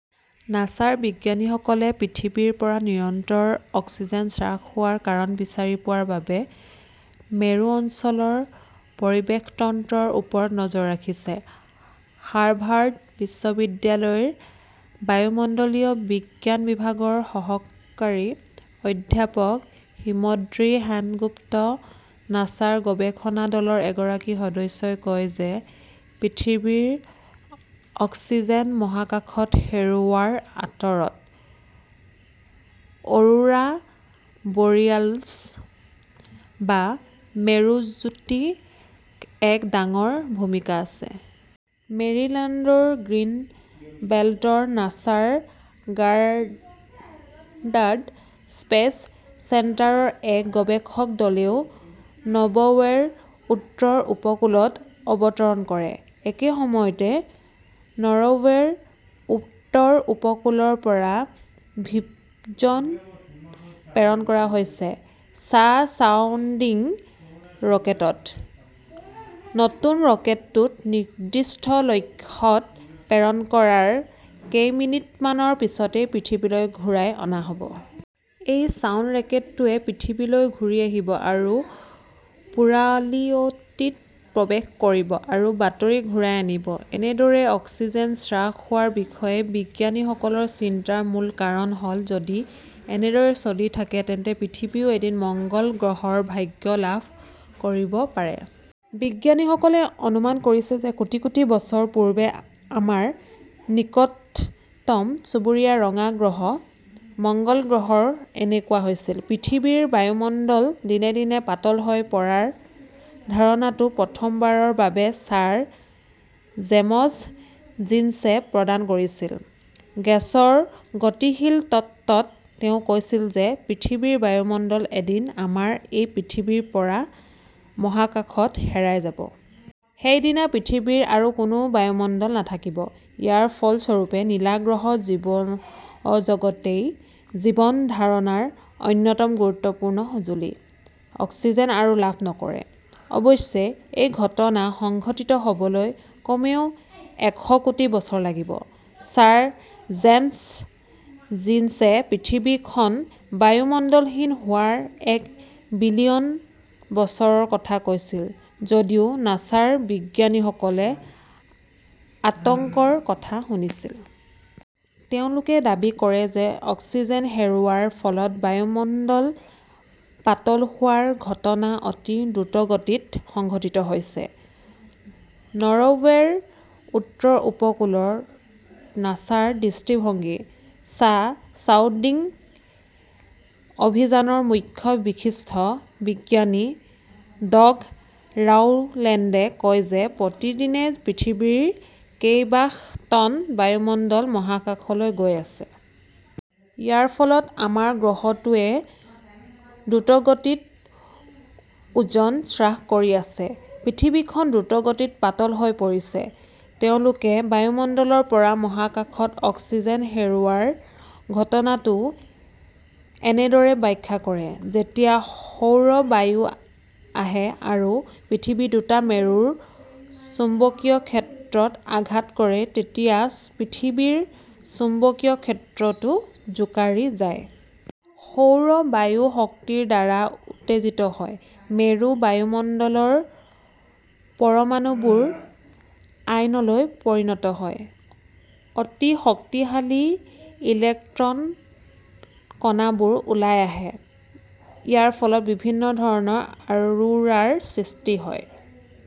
নাছাৰ বিজ্ঞানীসকলে পৃথিৱীৰ পৰা নিৰন্তৰ অক্সিজেন হ্ৰাস হোৱাৰ কাৰণ বিচাৰি পোৱাৰ বাবে মেৰু অঞ্চলৰ পৰিৱেশ তন্ত্ৰৰ ওপৰত নজৰ ৰাখিছে। হাৰ্ভাৰ্ড বিশ্ববিদ্যালয়ৰ বায়ুমণ্ডলীয় বিজ্ঞান বিভাগৰ সহকাৰী অধ্যাপক হিমদ্ৰী সেনগুপ্ত, নাছাৰ গৱেষণা দলৰ এগৰাকী সদস্যই কয় যে, পৃথিৱীৰ অক্সিজেন মহাকাশত হেৰুওৱাৰ আঁৰত "অৰোৰা বৰিয়ালছ" বা "মেৰুজ্যোতি"ৰ এক ডাঙৰ ভূমিকা আছে। মেৰিল্যাণ্ডৰ গ্ৰীণবেল্টৰ নাছাৰ গাৰ্ডাৰ্ড স্পেচ চেণ্টাৰৰ এক গৱেষক দলেও নৰৱেৰ উত্তৰ উপকূলত অৱতৰণ কৰে। একে সময়তে নৰৱেৰ উত্তৰ উপকূলৰ পৰা 'ভিজন "প্ৰেৰণ কৰা হৈছিল, ছা-ছাউণ্ডিং ৰকেটত। নতুন ৰকেটটো নিৰ্দিষ্ট লক্ষ্যত প্ৰেৰণ কৰাৰ কেইমিনিটমানৰ পিছতে পৃথিৱীলৈ ঘূৰাই অনা হ'ব। এই ছাউণ্ড ৰকেটটোৱে পৃথিৱীলৈ ঘূৰি আহিব আৰু পোৰালিঅ'টিত প্ৰৱেশ কৰিব আৰু বাতৰি ঘূৰাই আনিব। এনেদৰে অক্সিজেন হ্ৰাস হোৱাৰ বিষয়ে বিজ্ঞানীসকলৰ চিন্তাৰ মূল কাৰণ হ'ল যদি এনেদৰে চলি থাকে তেন্তে পৃথিৱীয়েও এদিন মঙ্গল গ্ৰহৰ ভাগ্য লাভ কৰিব পাৰে। বিজ্ঞানীসকলে অনুমান কৰিছে যে কোটি কোটি বছৰ পূৰ্বে আমাৰ নিকটতম চুবুৰীয়া ৰঙা গ্ৰহ "মঙ্গল" গ্ৰহৰ এনেকুৱা হৈছিল। পৃথিৱীৰ বায়ুমণ্ডল দিনে দিনে পাতল হৈ পৰাৰ ধাৰণাটো প্ৰথমবাৰৰ বাবে ছাৰ জেমছ জিনছে প্ৰদান কৰিছিল। "গেছৰ গতিশীল তত্ত্ব"ত তেওঁ কৈছিল যে, পৃথিৱীৰ বায়ুমণ্ডল এদিন আমাৰ এই পৃথিৱীৰ পৰা মহাকাশত হেৰাই যাব। সেইদিনা পৃথিৱীৰ আৰু কোনো বায়ুমণ্ডল নাথাকিব। ইয়াৰ ফলস্বৰূপে নীলা গ্ৰহৰ জীৱজগতই জীৱন ধাৰণৰ অন্যতম গুৰুত্বপূৰ্ণ সঁজুলি, অক্সিজেন আৰু লাভ নকৰে। অৱশ্যে, এই ঘটনা সংঘটিত হ'বলৈ কমেও এশ কোটি বছৰ লাগিব। ছাৰ জেমছ জিনছে পৃথিৱীখন বায়ুমণ্ডলহীন হোৱাৰ এক বিলিয়ন বছৰৰ কথা কৈছিল যদিও নাছাৰ বিজ্ঞানীসকলে আতংকৰ কথা শুনিছিল। তেওঁলোকে দাবী কৰে যে অক্সিজেন হেৰুওৱাৰ ফলত বায়ুমণ্ডল পাতল হোৱাৰ ঘটনা অতি দ্ৰুতগতিত সংঘটিত হৈছে। নৰৱেৰ উত্তৰ উপকূলত নাছাৰ দৃষ্টিভংগী: ছা-ছাউণ্ডিং অভিযানৰ মুখ্য বিশিষ্ট বিজ্ঞানী ডগ ৰাউলেণ্ডে কয় যে, প্ৰতিদিনে পৃথিৱীৰ কেইবাশ টন বায়ুমণ্ডল মহাকাশলৈ গৈ আছে। ইয়াৰ ফলত আমাৰ গ্ৰহটোৱে দ্ৰুতগতিত ওজন হ্ৰাস কৰি আছে। পৃথিৱীখন দ্ৰুতগতিত পাতল হৈ পৰিছে। তেওঁলোকে বায়ুমণ্ডলৰ পৰা মহাকাশত অক্সিজেন হেৰুওৱাৰ ঘটনাটো এনেদৰে ব্যাখ্যা কৰে, যেতিয়া সৌৰ বায়ু আহে আৰু পৃথিৱীৰ দুটা মেৰুৰ চুম্বকীয় ক্ষেত্ৰত আঘাত কৰে তেতিয়া পৃথিৱীৰ চুম্বকীয় ক্ষেত্ৰটো জোকাৰি যায়। সৌৰ বায়ুৰ শক্তিৰ দ্বাৰা উত্তেজিত হৈ, মেৰু বায়ুমণ্ডলৰ পৰমাণুবোৰ আয়নলৈ পৰিণত হয়। অতি শক্তিশালী ইলেক্ট্ৰন কণাবোৰ ওলাই আহে। ইয়াৰ ফলত বিভিন্ন ধৰণৰ অৰোৰাৰ সৃষ্টি হয়।